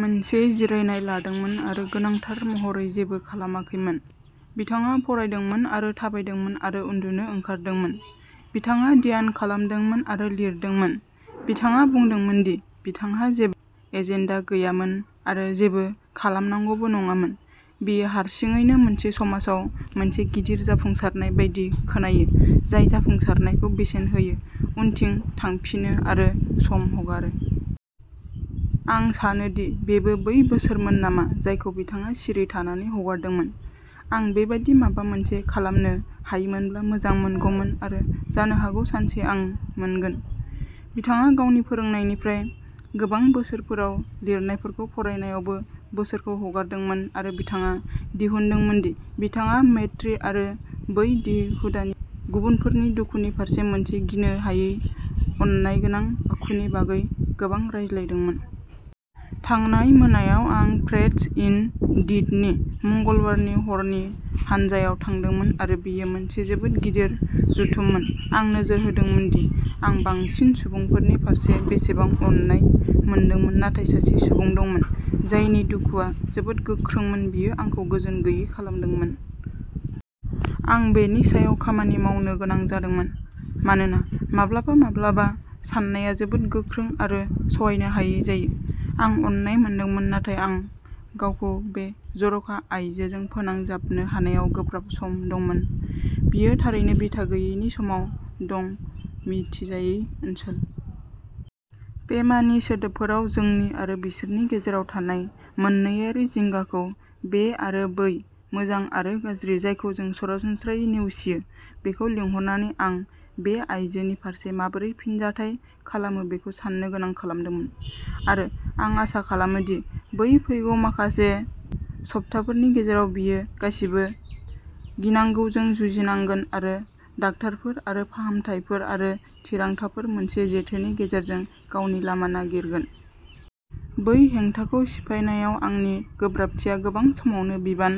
मोनसे जिरायनाय लादोंमोन आरो गोनांथार महरै जेबो खालामाखैमोन। बिथाङा फरायदोंमोन आरो थाबायदोंमोन आरो उन्दुनो ओंखारदोंमोन। बिथाङा ध्यान खालामदोंमोन आरो लिरदोंमोन। बिथाङा बुंदोंमोन दि बिथांहा जेबो एजेन्डा गैयामोन, आरो जेबो खालामनांगौबो नङामोन। बेयो हारसिङैनो मोनसे समाजाव मोनसे गिदिर जाफुंसारनाय बायदि खोनायो, जाय जाफुंसारनायखौ बेसेन होयो, उनथिं थांफिनो आरो सम हगारो। आं सानो दि बेबो बै बोसोरमोन नामा जायखौ बिथाङा सिरि थानानै हगारदोंमोन। आं बेबादि माबा मोनसे खालामनो हायोमोनब्ला मोजां मोनगौमोन आरो जानो हागौ सानसे आं मोनगोन। बिथाङा गावनि फोरोंनायनिफ्राय गोबां बोसोरफोराव लिरनायफोरखौ फरायनायावबो बोसोरखौ हगारदोंमोन आरो बिथाङा दिहुनदोंमोन दि बिथाङा मैत्री आरो बै हुदानिफ्राय, गुबुनफोरनि दुखुनि फारसे मोनसे गिनो हायै अननायगोनां आखुनि बागै गोबां रायज्लायदोंमोन। थांनाय मोनायाव आं फ्रेंड्स इन डीडनि मंगलबारनि हरनि हानजायाव थांदोंमोन आरो बेयो मोनसे जोबोद गिदिर जथुममोन आं नोजोर होदोंमोन दि आं बांसिन सुबुंफोरनि फारसे बेसेबां अननाय मोनदोंमोन, नाथाय सासे सुबुं दंमोन जायनि दुखुआ जोबोद गोख्रोंमोन, बियो आंखौ गोजोन गैयै खालामदोंमोन। आं बेनि सायाव खामानि मावनो गोनां जादोंमोन, मानोना माब्लाबा माब्लाबा सानायआ जोबोद गोख्रों आरो सहायनो हायै जायो। आं अननाय मोनदोंमोन, नाथाय आं गावखौ बे जर'खा आयजोजों फोनांजाबनो हानायाव गोब्राब सम दंमोन। बियो थारैनो बिथा गैयै नि समाव दं-मिथिजायै ओनसोल। पेमानि सोदोबफोराव, जोंनि आरो बिसोरनि गेजेराव थानाय मोन्नैआरि जिंगाखौ, बे आरो बै, मोजां आरो गाज्रि, जायखौ जों सरासनस्रायै नेवसियो बेखौ लिंहरनानै आं बे आइजोनि फारसे माबोरै फिनजाथाय खालामो बेखौ साननो गोनां खालामदोंमोन। आरो आं आसा खालामो दि बे फैगौ माखासे सप्ताफोरनि गेजेराव, बियो गासिबो गिनांगौजों जुजिनांगोन आरो डाक्टारफोर आरो फाहामथायफोर आरो थिरांथाफोरनि मोनसे जेथोनि गेजेरजों गावनि लामा नागिरगोन। बै हेंथाखौ सिफायनायाव आंनि गोब्राबथिया गोबां समावनो बिबान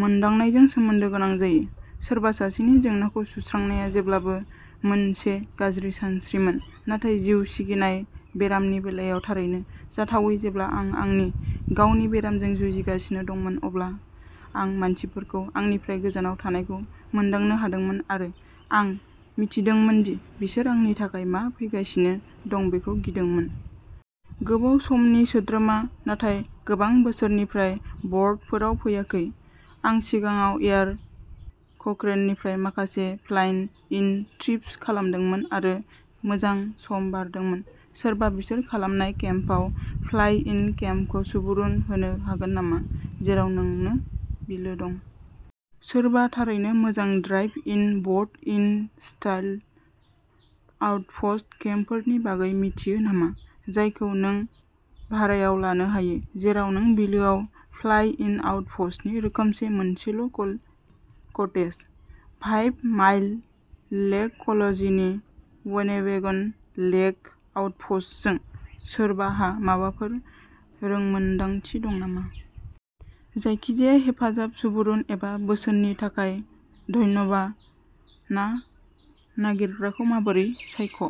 मोनदांनायजों सोमोन्दो गोनां जायो। सोरबा सासेनि जेंनाखौ सुस्रांनाया जेब्लाबो मोनसे गाज्रि सानस्रिमोन, नाथाय जिउ सिगिनाय बेरामनि बेलायाव थारैनो जाथावै जेब्ला आं आंनि गावनि बेरामजों जुजिगासिनो दंमोन, अब्ला आं मानसिफोरखौ आंनिफ्राय गोजानाव थानायखौ मोनदांनो हादोंमोन, आरो आं मिथिदोंमोन दि बिसोर आंनि थाखाय मा फैगासिनो दं बेखौ गिदोंमोन। गोबाव समनि सोद्रोमा नाथाय गोबां बोसोरनिफ्राय बर्डफोराव फैयाखै। आं सिगाङाव एयार क'क्रेननिफ्राय माखासे फ्लाइ-इन ट्रिप्स खालामदोंमोन आरो मोजां सम बारदोंमोन। सोरबा बिसोर खालामनाय केम्पआव फ्लाइ इन केम्पखौ सुबुरुन होनो हागोन नामा, जेराव नोंनो बिलो दं? सोरबा थारैनो मोजां drive in boat in style outpost केम्पफोरनि बागै मिथियो नामा, जायखौ नों भारायाव लानो हायो, जेराव नों बिलोआव फ्लाइ इन आउटप'स्टनि रोखोमसे मोनसेल' कटेज? फाइभ माइल लेक ल'जनि वेनेबेगन लेक आउटप'स्टजों सोरबाहा माबाफोर रोंमोनदांथि दं नामा? जायखिजाया हेफाजाब, सुबुरुन एबा बोसोननि थाखाय धन्यबा ना नागिरग्राखौ माबोरै सायख